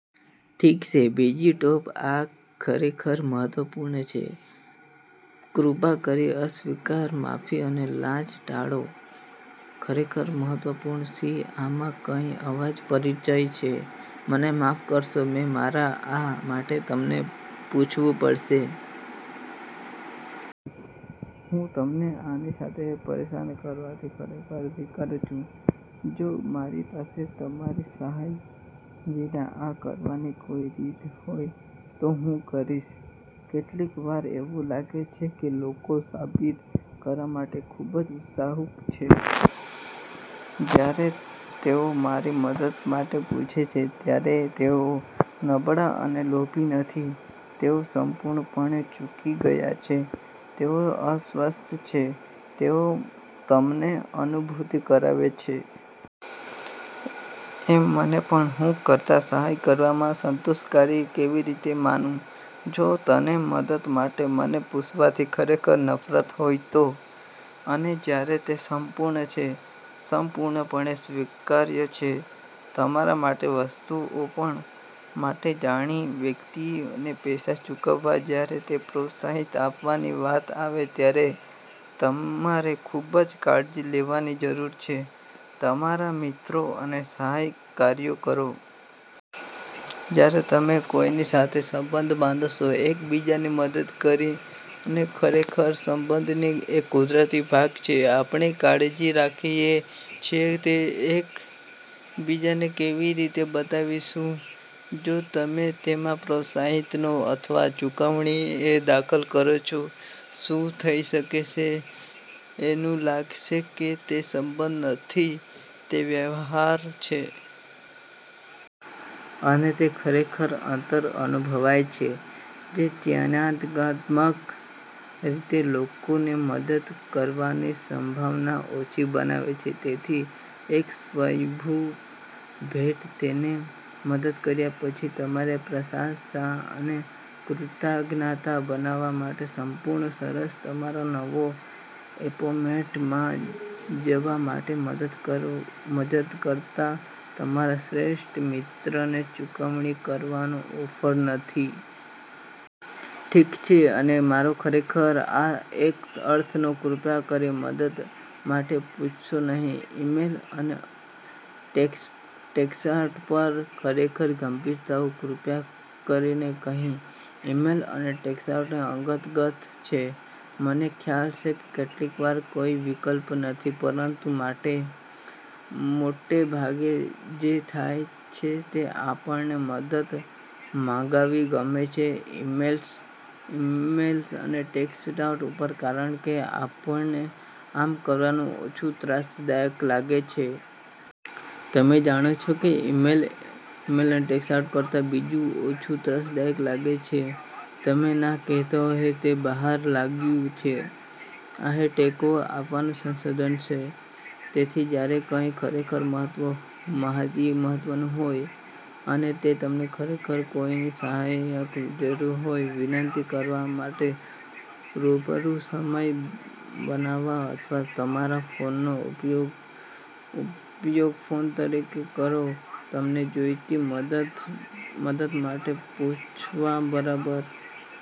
ઠીક છે. બીજી ટીપ. આ ખરેખર મહત્વપૂર્ણ છે. કૃપા કરી અસ્વીકરણ, માફી અને લાંચ ટાળો. ખરેખર મહત્વપૂર્ણ. શું આમાંથી કોઈ અવાજ પરિચિત છે? મને માફ કરશો કે મારે આ માટે તમને પૂછવું પડશે. હું તમને આની સાથે પરેશાન કરવાથી ખરેખર ધિક્કારું છું. જો મારી પાસે તમારી સહાય વિના આ કરવાની કોઈ રીત હોત, તો હું કરીશ. કેટલીકવાર એવું લાગે છે કે લોકો સાબિત કરવા માટે ખૂબ ઉત્સુક છે જ્યારે તેઓ તમારી મદદ માટે પૂછે છે ત્યારે તેઓ નબળા અને લોભી નથી, તેઓ સંપૂર્ણપણે ચુકી ગયા છે, તેઓ અસ્વસ્થ છે તેઓ તમને અનુભૂતિ કરાવે છે. અને એમ પણ હું તમને સહાય કરવામાં સંતોષકારક કેવી રીતે માનું જો તમને મદદ માટે મને પૂછવાથી ખરેખર નફરત હોય તો? અને જ્યારે તે સંપૂર્ણ છે, સંપૂર્ણપણે સ્વીકાર્ય છે તમારા માટે વસ્તુઓ કરવા માટે અજાણી વ્યક્તિને પૈસા ચૂકવવા, જ્યારે તે પ્રોત્સાહન આપવાની વાત આવે ત્યારે તમારે ખૂબ કાળજી લેવાની જરૂર છે તમારા મિત્રો અને સહકાર્યકરો. જ્યારે તમે કોઈની સાથે સંબંધ બાંધશો, એક બીજાને મદદ કરવી એ ખરેખર તે સંબંધનો એક કુદરતી ભાગ છે. આપણે કાળજી રાખીએ છીએ તે એક બીજાને કેવી રીતે બતાવીશું. જો તમે તેમાં પ્રોત્સાહનો અથવા ચુકવણીઓ દાખલ કરો છો, શું થઈ શકે છે, એવું લાગે છે કે તે સંબંધ નથી, તે વ્યવહાર છે. અને તે ખરેખર અંતર તરીકે અનુભવાય છે જે વ્યંગાત્મક રીતે લોકોને તમારી મદદ કરવાની સંભાવના ઓછી બનાવે છે. તેથી એક સ્વયંભૂ ભેટ તમને મદદ કર્યા પછી તમારી પ્રશંસા અને કૃતજ્ઞતા બતાવવા માટે સંપૂર્ણ સરસ તમારા નવા એપાર્ટમેન્ટમાં જવા માટે મદદ કરતા તમારા શ્રેષ્ઠ મિત્રને ચૂકવણી કરવાની ઓફર નથી. ઠીક છે. અને મારો ખરેખર આ એક અર્થ છે, કૃપા કરીને મદદ માટે પૂછશો નહીં ઇમેઇલ અથવા ટેક્સ્ટ ઉપર. ખરેખર, ગંભીરતાથી, કૃપા કરીને નહીં. ઇમેઇલ અને ટેક્સ્ટ અંગત છે. મને ખ્યાલ છે કે કેટલીક વાર કોઈ વિકલ્પ નથી પરંતુ મોટે ભાગે જે થાય છે તે આપણને મદદ માંગવી ગમે છે ઇમેઇલ અને ટેક્સ્ટ ઉપર કારણકે આપણને આમ કરવું ઓછું ત્રાસદાયક લાગે. તમે જાણો છો કે ઇમેઇલ અને ટેક્સ્ટ કરતા બીજું શું ઓછું ત્રાસદાયક લાગે? તમને ના કહેતા. અને તે બહાર આવ્યું છે. આને ટેકો આપવા સંશોધન છે. તેથી જ્યારે કંઈક ખરેખર મહત્વનું હોય અને તમને ખરેખર કોઈની સહાયની જરૂર હોય, વિનંતી કરવા માટે રૂબરૂ સમય બનાવો અથવા તમારા ફોનનો ઉપયોગ ફોન તરીકે કરો તમને જોઈતી મદદ માટે પૂછવા બરાબર.